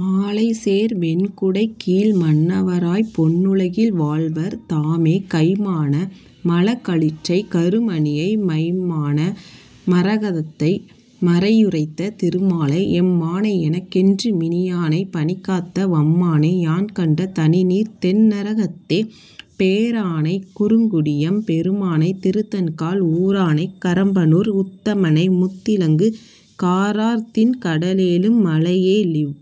மாலைசேர் வெண்குடைக்கீழ் மன்னவராய்ப் பொன்னுலகில் வாழ்வர் தாமே கைம்மான மழகளிற்றைக் கருமணியை, மைம்மான மரகதத்தை மறையுரைத்த திருமாலை, எம்மானை எனக்கென்று மினியானைப் பனிகாத்த வம்மானை, யான்கண்ட தணிநீர்த் தென் னரங்கத்தே பேரானைக் குறுங்குடியெம் பெருமானை, திருதண்கால் ஊரானைக் கரம்பனூர் உத்தமனை, முத்திலங்கு காரார்த்திண் கடலேழும் மலையேழிவ்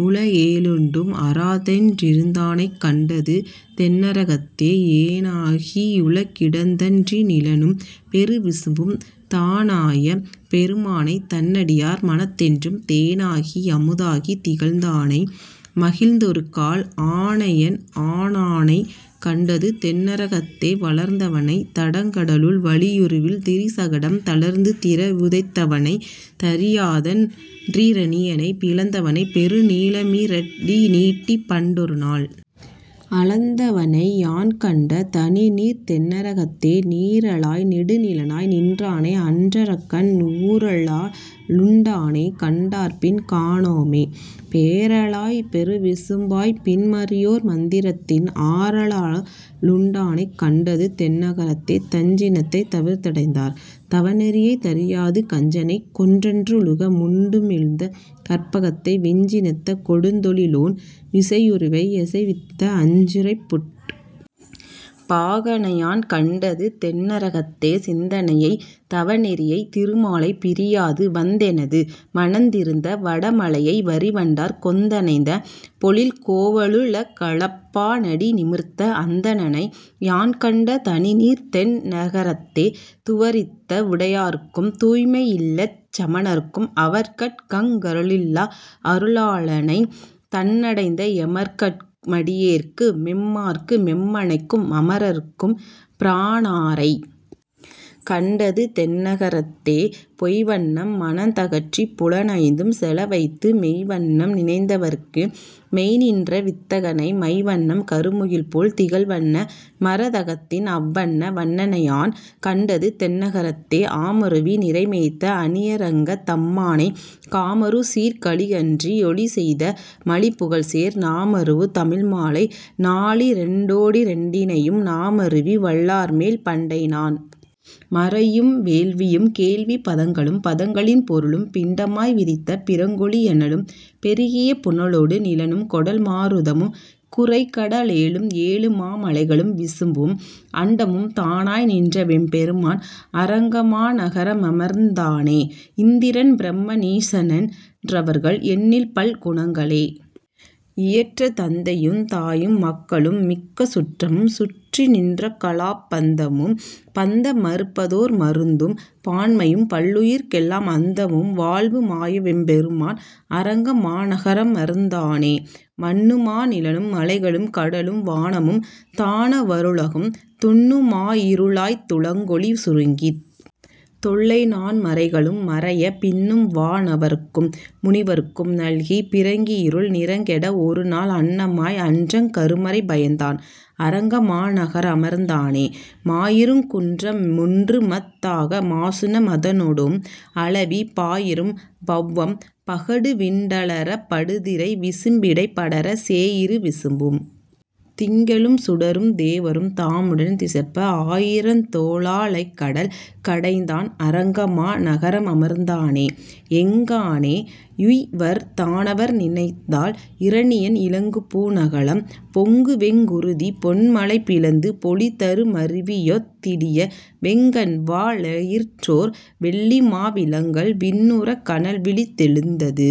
வுலகேழுண்டும், அராதென் றிருந்தானைக் கண்டதுதென் னரங்கத்தே ஏனாகி யுலகிடந்தன் றிருநிலனும் பெருவிசும்பும், தானாய பெருமானைத் தன்னடியார் மனத்தென்றும் தேனாகி யமுதாகித் திகழ்ந்தானை, மகிழ்ந்தொருகால் ஆனாயன் ஆனானைக் கண்டதுதென் னரங்கத்தே வளர்ந்தவனைத் தடங்கடலுள் வலியுருவில் திரிசகடம், தளர்ந்துதிர வுதைத்தவனைத் தரியாதன் றிரணியனைப் பிளந்தவனை, பெருநிலமீ ரடிநீட்டிப் பண்டொருநாள் அளந்தவனை, யான்கண்ட தணிநீர்த்தென் னரங்கத்தே நீரழலாய் நெடுநிலனாய் நின்றானை, அன்றரக்கன் ஊரழலா லுண்டானைக் கண்டார்பின் காணாமே, பேரழலாய்ப் பெருவிசும்பாய்ப் பின்மறையோர் மந்திரத்தின், ஆரழலா லுண்டானைக் கண்டதுதென் னரங்கத்தே தஞ்சினத்தைத் தவிர்த்தடைந்தார் தவநெறியை, தரியாது கஞ்சனைக்கொன் றன்றுலக முண்டுமிழ்ந்த கற்பகத்தை, வெஞ்சினத்த கொடுந்தொழிலோன் விசையுருவை யசைவித்த, அஞ்சிறைப்புட் பாகனையான் கண்டதுதென் னரங்கத்தே சிந்தனையைத் தவநெறியைத் திருமாலை, பிரியாது வந்தெனது மனத்திருந்த வடமலையை, வரிவண்டார் கொந்தணைந்த பொழில்கோவ லுலகளப்பா னடிநிமிர்த்த அந்தணனை, யான்கண்ட தணிநீர்த்தென் னரங்கத்தே துவரித்த வுடையார்க்கும் தூய்மையில்லச் சமணர்க்கும், அவர்கட்கங் கருளில்லா அருளானை, தன்னடைந்த எமர்கட்கு மடியேற்கு மெம்மாற்கு மெம்மனைக்கும், அமரர்க்கும் பிரானாரைக் கண்டதுதென் னரங்கத்தே பொய்வண்ணம் மனத்தகற்றிப் புலனைந்தும் செலவைத்து, மெய்வண்ணம் நினைந்தவர்க்கு மெய்ந்நின்ற வித்தகனை, மைவண்ணம் கருமுகில்போல் திகழ்வண்ண மரதகத்தின், அவ்வண்ண வண்ணனையான் கண்டதுதென் னரங்கத்தே ஆமருவி நிரைமேய்த்த அணியரங்கத் தம்மானை, காமருசீர்க் கலிகன்றி யொலிசெய்த மலிபுகழ்சேர் நாமருவு தமிழ்மாலை நாலிரண்டோ டிரண்டினையும், நாமருவி வல்லார்மேல் பண்டைநான் மறையும் வேள்வியும் கேள்விப் பதங்களும் பதங்களின் பொருளும், பிண்டமாய் விரித்த பிறங்கொளி யனலும் பெருகிய புனலொடு நிலனும், கொடல்மா ருதமும் குரைகட லேழும் ஏழுமா மலைகளும் விசும்பும், அண்டமும் தானாய் நின்றவெம் பெருமான் அரங்கமா நகரமர்ந் தானே இந்திரன் பிரம னீசனென் றிவர்கள் எண்ணில்பல் குணங்களே யியற்ற, தந்தையும் தாயும் மக்களும் மிக்க சுற்றமும் சுற்றிநின் றகலாப் பந்தமும், பந்த மறுப்பதோர் மருந்தும் பான்மையும் பல்லுயிர்க் கெல்லாம், அந்தமும் வாழ்வு மாயவெம் பெருமான் அரங்கமா நகரமர்ந் தானே மன்னுமா நிலனும் மலைகளும் கடலும் வானமும் தானவ ருலகும், துன்னுமா யிருளாய்த் துலங்கொளி சுருங்கித் தொல்லைநான் மறைகளும் மறைய, பின்னும்வா னவர்க்கும் முனிவர்க்கும் நல்கிப் பிறங்கிருள் நிறங்கெட, ஒருநாள் அன்னமாய் அன்றங் கருமறை பயந்தான் அரங்கமா நகரமர்ந் தானே மாயிருங் குன்ற மொன்றுமத் தாக மாசுண மதனொடும் அளவி, பாயிரும் பௌவம் பகடுவிண் டலறப் படுதிரை விசும்பிடைப் படர, சேயிரு விசும்பும் திங்களும் சுடரும் தேவரும் தாமுடன் திசைப்ப, ஆயிரந் தோளா லலைகடல் கடைந்தான் அரங்கமா நகரமர்ந் தானே எங்ஙானே யுய்வர் தானவர் நினைந்தால் இரணியன் இலங்குபூ ணகலம், பொங்குவெங் குருதி பொன்மலை பிளந்து பொழிதரு மருவியொத் திழிய, வெங்கண்வா ளெயிற்றோர் வெள்ளிமா விலங்கல் விண்ணுறக் கனல்விழித் தெழுந்தது,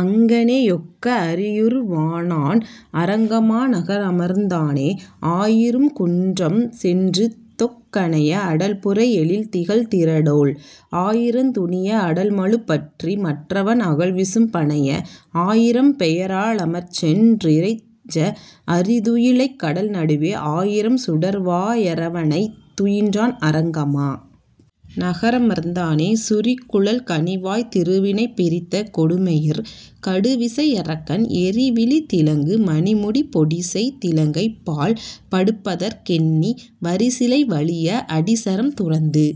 அங்ஙனே யொக்க அரியுரு வானான் அரங்கமா நகரமர்ந் தானே ஆயிரும் குன்றம் சென்றுதொக் கனைய அடல்புரை யெழில்திகழ் திரடோள், ஆயிரந் துணிய அடல்மழுப் பற்றி மற்றவன் அகல்விசும் பணைய, ஆயிரம் பெயரா லமர்சென் றிறைஞ்ச அறிதுயி லலைகடல் நடுவே, ஆயிரம் சுடர்வா யரவணைத் துயின்றான் அரங்கமா நகரமர்ந் தானே சுரிகுழல் கனிவாய்த் திருவினைப் பிரித்த கொடுமையிற் கடுவிசை யரக்கன், எரிவிழித் திலங்கு மணிமுடி பொடிசெய் திலங்கைபாழ் படுப்பதற் கெண்ணி, வரிசிலை வளிய அடிசரம் துரந்து